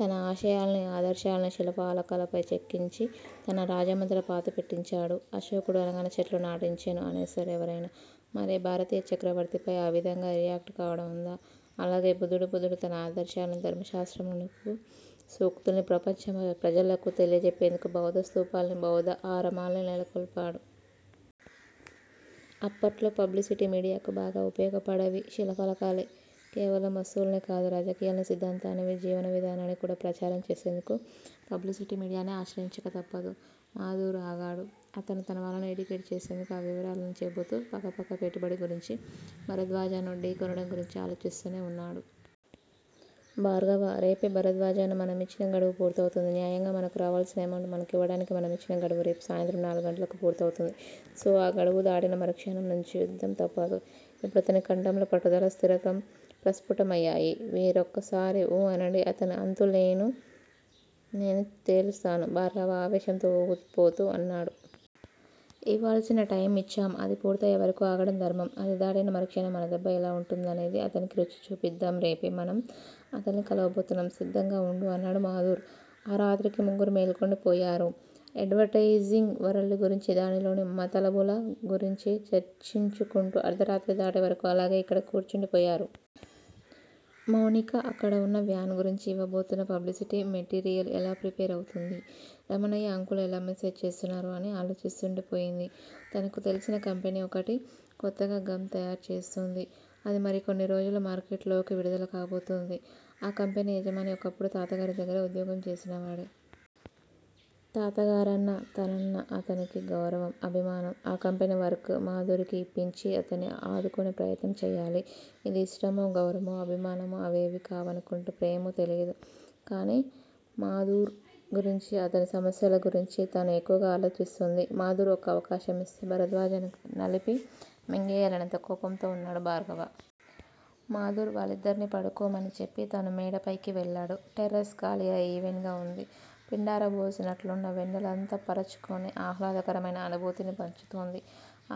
తన ఆశయాల్ని, ఆదర్శాల్ని శిలాఫలకాలపై చెక్కించి తన రాజ్యమంతటా పాతి పెట్టించాడు. అశోకుడు అనగానే చెట్లు నాటించెను అనేస్తారు ఎవరైనా. మరే భారతీయ చక్రవర్తికైనా ఆవిధంగా రియాక్ట్ కావడం వుందా? అలాగే బుద్దుడు-బుద్దుడు తన ఆదర్శాల్ని, ధర్మ శాస్త్రములను, సూక్తుల్ని ప్రపంచ ప్రజలకు తెలియజెప్పేందుకు బౌద్ద స్థూపాల్ని, బౌద్ద ఆరామాల్ని నెలకొల్పాడు. అప్పట్లో పబ్లిసిటీ మీడియాకి బాగా ఉపయోగపడ్డవి శిలాఫలకాలే. కేవలం వస్తువున్నే కాదు- రాజకీయాల్ని, సిద్దాంతాల్ని, జీవన విధానాల్ని కూడా ప్రచారం చేసేందుకు పబ్లిసిటీ మీడియానే ఆశ్రయించక తప్పదు. మాధుర్ ఆగాడు. అతను తనవాళ్ళను ఎడ్యుకేట్ చేసేందుకు ఆ వివరాలన్నీ చెబుతున్నా పక్కపక్క పెట్టుబడి గురించి, భరద్వాజను ఢీ కొనడం గురించి ఆలోచిస్తూనే వున్నాడు. భార్గవా! రేపే భరద్వాజకు మనం యిచ్చిన గడువు పూర్తవుతుంది. న్యాయంగా మనకు రావాల్సిన ఎమౌంట్ మనకివ్వడానికి మనమిచ్చిన గడువు రేపు సాయంత్రం నాలుగు గంటలకు పూర్తవుతుంది సో ఆ గడువు దాటిన మరుక్షణం నుంచి యుద్ధం తప్పదు ఇప్పుడతని కంఠంలో పట్టుదల, స్థిరత్వం ప్రస్ఫుటమయ్యాయి. మీరొక్కసారి ఊ అనండి అతని అంతు నేను తేలుస్తాను భార్గవ ఆవేశంతో ఊగిపోతూ అన్నాడు. ఇవ్వవల్సిన టైమ్ యిచ్చాం. అది పూర్తయ్యేవరకూ ఆగడం ధర్మం. అది దాటిన మరుక్షణం మన దెబ్బ ఎలా వుంటుందనేది అతనికి రుచి చూపిద్దాం రేపే మనం అతన్ని కలవబోతున్నాం సిద్దంగా వుండు అన్నాడు మాధుర్. ఆ రాత్రికి ముగ్గురూ మేల్కొండిపోయారు. ఎడ్వర్టెయిజింగ్ వరల్డ్ గురించి, దానిలోని మతలబుల గురించి చర్చించుకుంటూ అర్ధరాత్రి దాటేవరకు అలాగే అక్కడ కూర్చుండిపోయారు. మౌనిక అక్కడ వున్నా, వ్యాన్ గురించి యివ్వబోతున్న పబ్లిసిటీ మెటీరియల్ ఎలా ప్రిపేర్ అవుతుంది? రమణయ్య అంకుల్ ఎలా మేనేజ్ చేస్తున్నారు అని ఆలోచిస్తూండిపోయింది. తనకు తెల్సిన కంపెనీ ఒకటి కొత్తగా గమ్ తయారుచేస్తోంది అది మరికొన్ని రోజుల్లో మార్కెట్లోకి విడుదల కాబోతోంది. ఆ కంపెనీ యజమాని ఒకప్పుడు తాతగారి దగ్గర ఉద్యోగం చేసినవాడే. తాతగారన్నా, తనన్నా అతనికి గౌరవం, అభిమానం. ఆ కంపెనీ వర్క్ మాధుర్ కి యిప్పించి అతన్ని ఆదుకొనే ప్రయత్నం చేయాలి. ఇది ఇష్టమో, గౌరవమో, అభిమానమో అవేవీ కావనుకుంటే ప్రేమో తెలీదు. కానీ మాధుర్ గురించి, అతని సమస్యల గురించి తను ఎక్కువగా ఆలోచిస్తోంది. మాధుర్ ఒక్క అవకాశం యిస్తే, భరద్వాజను నలిపి మింగేయాలన్నంత కోపంతో వున్నాడు భార్గవ. మాధుర్ వాళ్ళిద్దర్నీ పడుకోమని చెప్పి, తను మేడపైకి వెళ్ళాడు. టెర్రెస్ ఖాళీగా, ఈవెన్ గా వుంది. పిండారబోసినట్లున్న వెన్నెల అంతట పరచుకుని ఆహ్లాదకరమైన అనుభూతిని పంచుతోంది.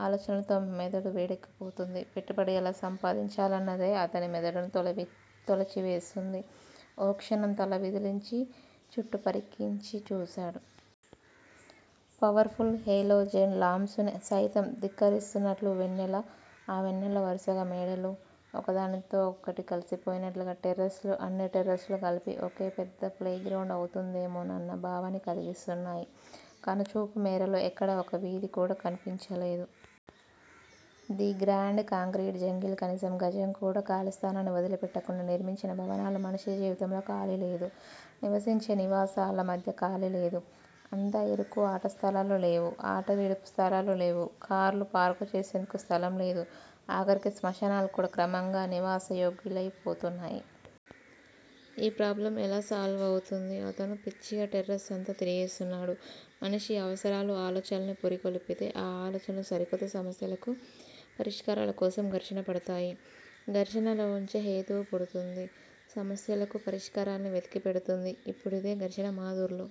ఆలోచనలతో మెదడు వేడెక్కిపోతోంది. పెట్టుబడి ఎలా సంపాదించాలన్నదే అతని మెదడును తొలిచివేస్తోంది. ఓ క్షణం తల విదిలించి చుట్టూ పరికించి చూశాడు. Powerful halogen lamps ని సయితం ధిక్కరిస్తున్నట్లున్న వెన్నెల ఆ వెన్నెల్లో వరుసగా మేడలు ఒకదానికొకటి కలిసిపోయినట్లున్న టెర్రెస్ లు అన్ని టెర్రెస్ లు కలిపితే ఓ పెద్ద ప్లేగ్రౌండ్ అవుతుందేమోనన్న భావాన్ని కల్గిస్తున్నాయి. కనుచూపు మేరలో ఎక్కడా ఒక్క వీధి కూడా కనిపించలేదు. ది గ్రాండ్ కాంక్రీట్ జంగిల్ కనీసం గజం కూడా ఖాళీస్థలాన్ని వదిలిపెట్టకుండా నిర్మించిన భవనాలు మనిషి జీవితంలో ఖాళీలేదు. నివసించే నివాసాల మధ్య ఖాళీలేదు. అంతా ఇరుకు ఆటస్థలాలు లేవు- ఆటవిడుపు స్థలాలు లేవు- కార్లు పార్కు చేసుకొనేందుకు స్థలం లేదు. ఆఖరికి స్మశానాలు కూడా క్రమంగా నివాసయోగ్యాలై పోతున్నాయి. ఈ ప్రాబ్లమ్ ఎలా సాల్వ్ అవుతుంది? అతను పిచ్చిగా టెర్రస్ అంతా తిరిగేస్తున్నాడు. మనిషి అవసరాలు ఆలోచనల్ని పురికొల్పితే ఆ ఆలోచనలు సరికొత్త సమస్యలకు పరిష్కారాల కోసం ఘర్షణ పడతాయి. ఘర్షణలోంచే హేతువు పుడుతుంది. సమస్యలకు పరిష్కారాన్ని వెతికిపెడుతుంది. ఇప్పుడిదే ఘర్షణ మాధుర్ లో